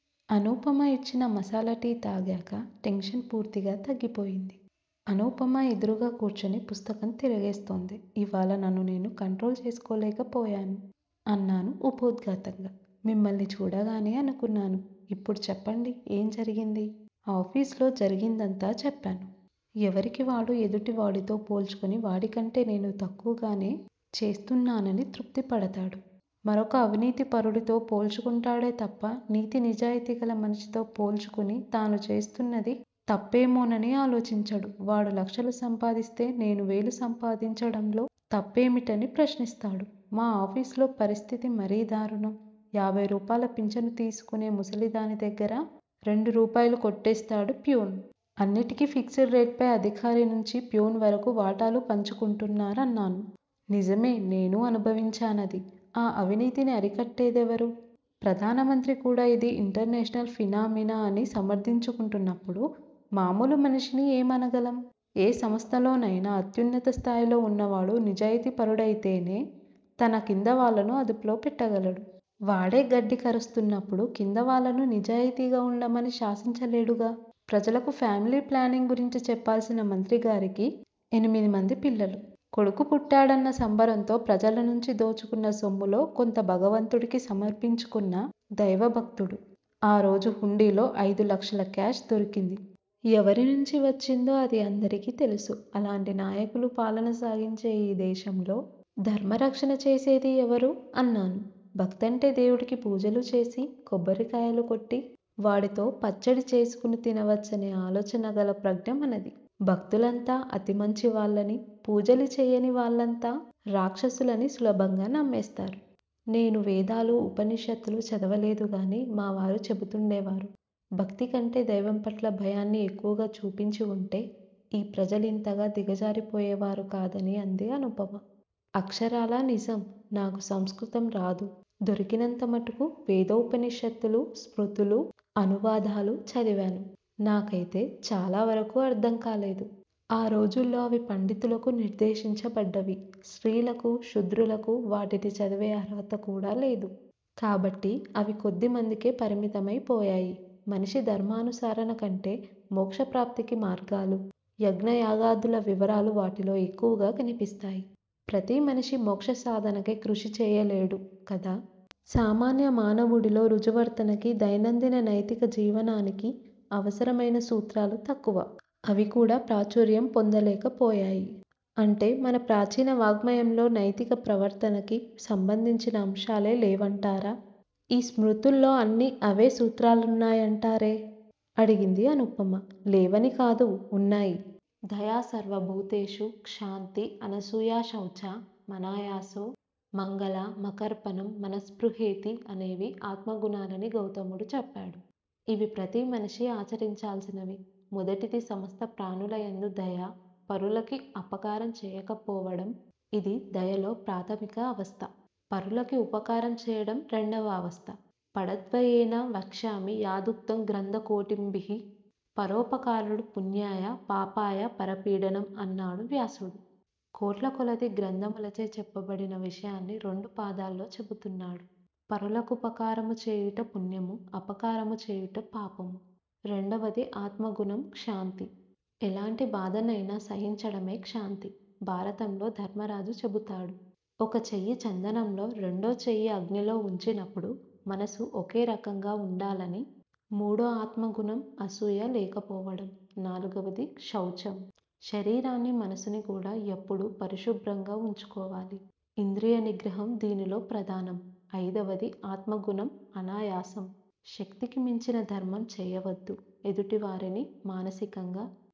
అనుపమ యిచ్చిన మసాలా టీ తాగాక టెన్షన్ పూర్తిగా తగ్గిపోయింది. అనుపమ ఎదురుగా కూర్చుని పుస్తకం తిరగేస్తోంది. ఇవ్వాళ నన్ను నేను కంట్రోల్ చేసుకోలేక పోయాను అన్నాను ఉపోద్ఘాతంగా. మిమ్మల్ని చూడగానే అనుకున్నాను. ఇప్పుడు చెప్పండి ఏం జరిగింది? ఆఫీసులో జరిగినదంతా చెప్పాను. ఎవరికి వాడు ఎదుటి వాడితో పోల్చుకుని వాడికంటే నేను తక్కువగానే చేస్తున్నానని తృప్తి పడతాడు. మరొక అవినీతి పరుడితో పోల్చుకుంటాడే తప్ప నీతి, నిజాయితీగల మనిషితో పోల్చుకుని తను చేస్తున్నది తప్పేమోనని ఆలోచించడు. వాడు లక్షలు సంపాదిస్తే నేను వేలు సంపాదించడంలో తప్పేమిటని ప్రశ్నిస్తాడు. మా ఆఫీసులో పరిస్థతి మరీ దారుణం. యాభై రూపాయల ఫించను తీసుకునే ముసలిదాని దగ్గరా రెండు రూపాయలు కొట్టేస్తాడు ఫ్యూన్. అన్నింటికి ఫిక్స్ డ్ రేట్ పై అధికారి నుంచి ఫ్యూన్ వరకు వాటాలు పంచుకుంటారు అన్నాను. నిజమే నేనూ అనుభవించానది. ఆ అవినీతిని అరికట్టే దెవరు? ప్రధానమంత్రి కూడా ఇది 'ఇంటర్నేషనల్ ఫినామినా' అని సమర్ధించుకుంటున్నప్పుడు మామూలు మనిషిని ఏమనగలం? ఏ సంస్థలోనయినా అత్యున్నత స్థాయిలో వున్నవాడు నిజాయితీ పరుడయితేనె తన కిందవాళ్ళను అదుపులో పెట్టగలడు. వాడే గడ్డి కరుస్తున్నప్పుడు కిందవాళ్ళను నిజాయితీగా వుండమని శాసించలేడుగా. ప్రజలకు ఫ్యామిలి ప్లానింగు గురించి చెప్పాల్సిన మంత్రిగారికి ఎనిమిది మంది పిల్లలు. కొడుకు పుట్టాడన్న సంబరంతో ప్రజల నుంచి దోచుకున్న సొమ్ములో కొంత భగవంతుడికి సమర్పించుకున్న దైవభక్తుడు. ఆ రోజు హుండీలో ఐదు లక్షల క్యాష్ దొరికింది. ఎవరి నుంచి వచ్చిందో అది అందరికీ తెలుసు. అలాంటి నాయకులు పాలన సాగించే ఈ దేశంలో ధర్మరక్షణ చేసేది ఎవరు? అన్నాను. భక్తంటే దేవుడికి పూజలు చేసి, కొబ్బరికాయలు కొట్టి, వాడితో పచ్చడి చేసుకు తినవచ్చనే ఆలోచనగల ప్రజ్ఞ మనది. భక్తులంతా అతి మంచి వాళ్ళని, పూజలు చేయని వాళ్ళంతా రాక్షసులని సులభంగా నమ్మేస్తారు. నేను వేదాలు, ఉపనిషత్తులు చదవలేదుగాని మా వారు చెపుతుండేవారు. భక్తి కంటే దైవంపట్ల భయాన్ని ఎక్కువగా చూపించి వుంటే ఈ ప్రజలింతగా దిగజారి పోయేవారు కాదని అంది అనుపమ. అక్షరాలా నిజం. నాకు సంస్కృతం రాదు. దొరికినంత మటుకు వేదోపనిషత్తులు, స్మృతులు, అనువాదాలు చదివాను. నాకయితే చాలావరకు అర్ధంకాలేదు. ఆ రోజుల్లో అవి పండితులకు నిర్దేశించబడ్డవి. స్త్రీలకు, శూద్రులకు వాటిని చదివే అర్హత కూడా లేదు. కాబట్టి అవి కొద్ది మందికే పరిమితమై పోయాయి. మనిషి ధర్మానుసరణ కంటే మోక్షప్రాప్తికి మార్గాలు, యజ్ఞయాగాదుల వివరాలు వాటిలో ఎక్కువగా కనిపిస్తాయి. ప్రతి మనిషి మోక్ష సాధనకై కృషి చేయలేడు కదా. సామాన్య మానవుడిలో ఋజు వర్తనకి, దైనందిన నైతిక జీవనానికి అవసరమయిన సూత్రాలు తక్కువ. అవి కూడా ప్రాచుర్యం పొందలేకపోయాయి. అంటే మన ప్రాచీన వాఞ్మయంలో నైతిక ప్రవర్తనకి సంబంధించిన అంశాలే లేవంటారా? ఈ స్మృతుల్లో అన్నీ అవే సూత్రాలున్నాయంటారే అడిగింది అనుపమ. లేవని కాదు, ఉన్నాయి. 'దయా సర్వభూతేషు, క్షాంతి, అనసూయాశౌచ, మనాయాసో, మంగళ, మకార్పణం, మస్పృహేతి' అనేవి ఆత్మగుణాలని గౌతముడు చెప్పాడు. ఇవి ప్రతిమనిషి ఆచరించాల్సినవి. మొదటిది- సమస్త ప్రాణులయందు దయ, పరులకి అపకారం చేయకపోవడం, ఇది దయలో ప్రాథమిక అవస్థ. పరులకి ఉపకారం చేయడం రెండవ అవస్థ. 'పాడద్వయేన వక్ష్యామి యదుక్తం గ్రంధకోటిభిః పరోపకారుడు పుణ్యాయ పాపాయ పరపీడనం' అన్నాడు వ్యాసుడు. కోట్ల కొలది గ్రంథములచే చెప్పబడిన విషయాన్ని రెండు పాదాల్లో చెపుతున్నాడు. పరుల కుపకారము చేయుట పుణ్యము, అపకారము చేయుట పాపము. రెండవది- ఆత్మగుణం క్షాంతి. ఎలాంటి బాధనయినా సహించడమే క్షాంతి. భారతంలో ధర్మరాజు చెపుతాడు. ఒక చెయ్యి చందనంలో, రెండో చెయ్యి అగ్నిలో వుంచినపుడు మనసు ఒకేరకంగా వుండాలని. మూడో ఆత్మగుణం- అసూయ లేకపోవడం, నాలుగవది-శౌచం. శరీరాన్ని, మనసుని కూడా ఎప్పుడూ పరిశుభ్రంగా వుంచుకోవాలి. ఇంద్రియ నిగ్రహం దీనిలో ప్రధానం. అయిదవది ఆత్మగుణం- అనాయాసం, శక్తికి మించిన ధర్మం చెయ్యవద్దు. ఎదుటి వారిని మానసికంగా,